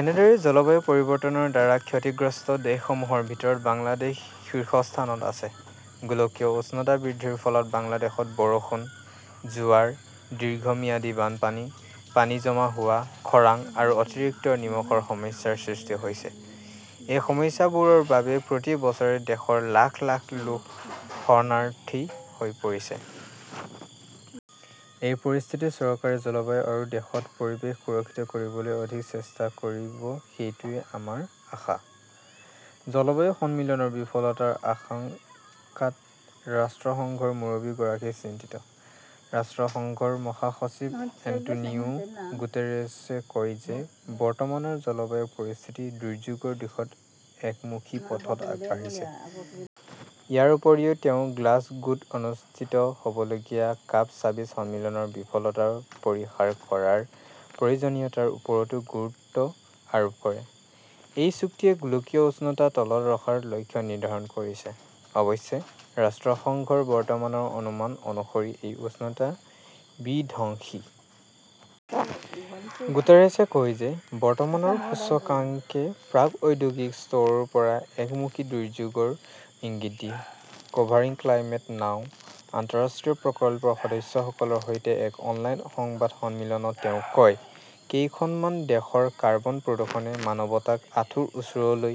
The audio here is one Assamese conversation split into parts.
এনেদৰেই জলবায়ু পৰিৱৰ্তনৰ দ্বাৰা ক্ষতিগ্ৰস্ত দেশসমূহৰ ভিতৰত বাংলাদেশ শীৰ্ষস্থানত আছে। গোলকীয় উষ্ণতা বৃদ্ধিৰ ফলত বাংলাদেশত বৰষুণ, জোৱাৰ, দীৰ্ঘম্যাদী বানপানী, পানী জমা হোৱা, খৰাং আৰু অতিৰিক্ত নিমখৰ সমস্যাৰ সৃষ্টি হৈছে। এই সমস্যাবোৰৰ বাবে প্ৰতি বছৰে দেশৰ লাখ লাখ লোক শৰণাৰ্থী হৈ পৰিছে। এই পৰিস্থিতিত চৰকাৰে জলবায়ু আৰু দেশত পৰিৱেশ সুৰক্ষিত কৰিবলৈ অধিক চেষ্টা কৰিব-সেইটোৱেই আমাৰ আশা। জলবায়ু সন্মিলনৰ বিফলতাৰ আশংকাত ৰাষ্ট্ৰসংঘৰ মুৰব্বীগৰাকী চিন্তিত। ৰাষ্ট্ৰসংঘৰ মহাসচিব এন্টোনিও গুটেৰেছে কয় যে বৰ্তমানৰ জলবায়ু পৰিস্থিতি "দুৰ্যোগৰ দিশত একমুখী পথত আগবাঢ়িছে"। ইয়াৰ উপৰিও তেওঁ গ্লাছগোত অনুষ্ঠিত হ'বলগীয়া কপ ছাবিছ সন্মিলনৰ "বিফলতা পৰিহাৰ কৰা" ৰ প্ৰয়োজনীয়তাৰ ওপৰতো গুৰুত্ব আৰোপ কৰে। এই চুক্তিয়ে গোলকীয় উষ্ণতা তলত ৰখাৰ লক্ষ্য নিৰ্ধাৰণ কৰিছে। অৱশ্যে, ৰাষ্ট্ৰসংঘৰ বৰ্তমানৰ অনুমান অনুসৰি এই উষ্ণতা "বিধ্বংসী" । গুটেৰেছে কয় যে বৰ্তমানৰ সূচকাংকে প্ৰাক-ঔদ্যোগিক স্তৰৰ ওপৰত একমুখী দুৰ্যোগৰ ইংগিত দিয়ে। 'কভাৰিং ক্লাইমেট নাও "আন্তঃৰাষ্ট্ৰীয় প্ৰকল্পৰ সদস্যসকলৰ সৈতে এক অনলাইন সংবাদ সন্মিলনত তেওঁ কয়," কেইখনমান দেশৰ কাৰ্বন প্ৰদূষণে মানৱতাক আঁঠুৰ ওচৰলৈ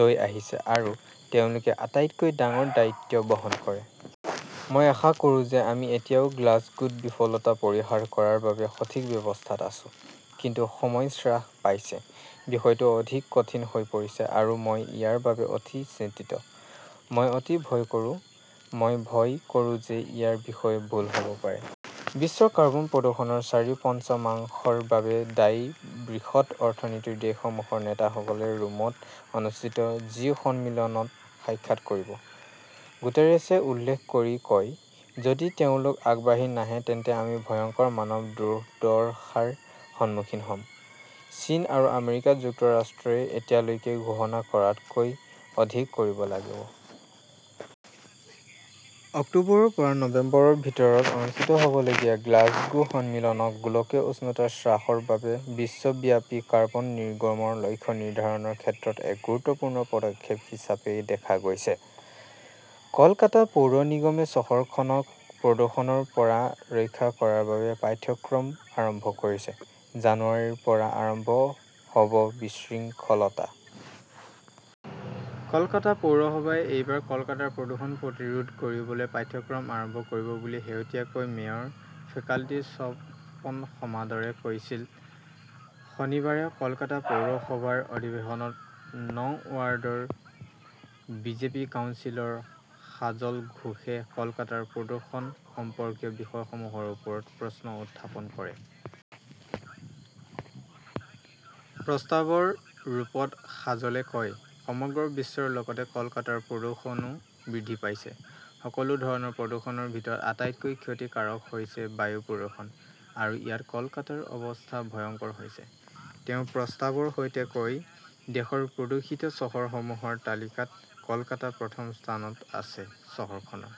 লৈ আহিছে আৰু তেওঁলোকে আটাইতকৈ ডাঙৰ দায়িত্ব বহন কৰে। "মই আশা কৰোঁ যে আমি এতিয়াও গ্লাছগোত বিফলতা পৰিহাৰ কৰাৰ বাবে সঠিক অৱস্থাত আছো, কিন্তু সময় হ্ৰাস পাইছে, বিষয়টো অধিক কঠিন হৈ পৰিছে আৰু মই ইয়াৰ বাবে অতি চিন্তিত। মই অতি ভয় কৰোঁ, মই ভয় কৰোঁ যে ইয়াৰ বিষয়ে ভুল হ 'ব পাৰে। "বিশ্বৰ কাৰ্বন প্ৰদূষণৰ চাৰি-পঞ্চমাংশৰ বাবে দায়ী বৃহৎ অৰ্থনীতিৰ দেশসমূহৰ নেতাসকলে ৰোমত অনুষ্ঠিত জি- সন্মিলনত সাক্ষাৎ কৰিব। "গুটেৰেছে উল্লেখ কৰি কয়", "যদি তেওঁলোক আগবাঢ়ি নাহে তেন্তে আমি ভয়ংকৰ মানৱ দুৰ্দশাৰ সন্মুখীন হ" ম। " "চীন আৰু আমেৰিকা যুক্তৰাষ্ট্ৰই এতিয়ালৈকে ঘোষণা কৰাতকৈ অধিক কৰিব লাগিব। " অক্টোবৰৰ পৰা নৱেম্বৰৰ ভিতৰত অনুষ্ঠিত হ" বলগীয়া গ্লাছগো সন্মিলনক গোলকীয় উষ্ণতা হ্ৰাসৰ বাবে বিশ্বব্যাপী কাৰ্বন নিৰ্গমনৰ লক্ষ্য নিৰ্ধাৰণৰ ক্ষেত্ৰত এক গুৰুত্বপূৰ্ণ পদক্ষেপ হিচাপে দেখা গৈছে। কলকাতা পৌৰ নিগমে চহৰখনক প্ৰদূষণৰ পৰা ৰক্ষা কৰাৰ বাবে পাঠ্যক্ৰম আৰম্ভ কৰিছে, জানুৱাৰীৰ পৰা আৰম্ভ হ 'ব বিশৃংখলতা। কলকাতা পৌৰসভাই এইবাৰ কলকাতাৰ প্ৰদূষণ প্ৰতিৰোধ কৰিবলৈ পাঠ্যক্ৰম আৰম্ভ কৰিব বুলি শেহতীয়াকৈ মেয়ৰ ফেকাল্টি স্বপন সমাদৰে কৈছিল। শনিবাৰে কলকাতা পৌৰসভাৰ অধিৱেশনত নং ৱাৰ্ডৰ বিজেপি কাউন্সিলৰ সাজল ঘোষে কলকাতাৰ প্ৰদূষণ সম্পৰ্কীয় বিষয়সমূহৰ ওপৰত প্ৰশ্ন উত্থাপন কৰে। প্ৰস্তাৱৰ ৰূপত সাজলে কয়, "সমগ্ৰ বিশ্বৰ লগতে কলকাতাৰ প্ৰদূষণো বৃদ্ধি পাইছে। সকলো ধৰণৰ প্ৰদূষণৰ ভিতৰত আটাইতকৈ ক্ষতিকাৰক হৈছে বায়ু প্ৰদূষণ, আৰু ইয়াত কলকাতাৰ অৱস্থা ভয়ংকৰ হৈছে। তেওঁ প্ৰস্তাৱৰ সৈতে কয় "দেশৰ প্ৰদূষিত চহৰসমূহৰ তালিকাত কলকাতা প্ৰথম স্থানত আছে", । চহৰখনৰ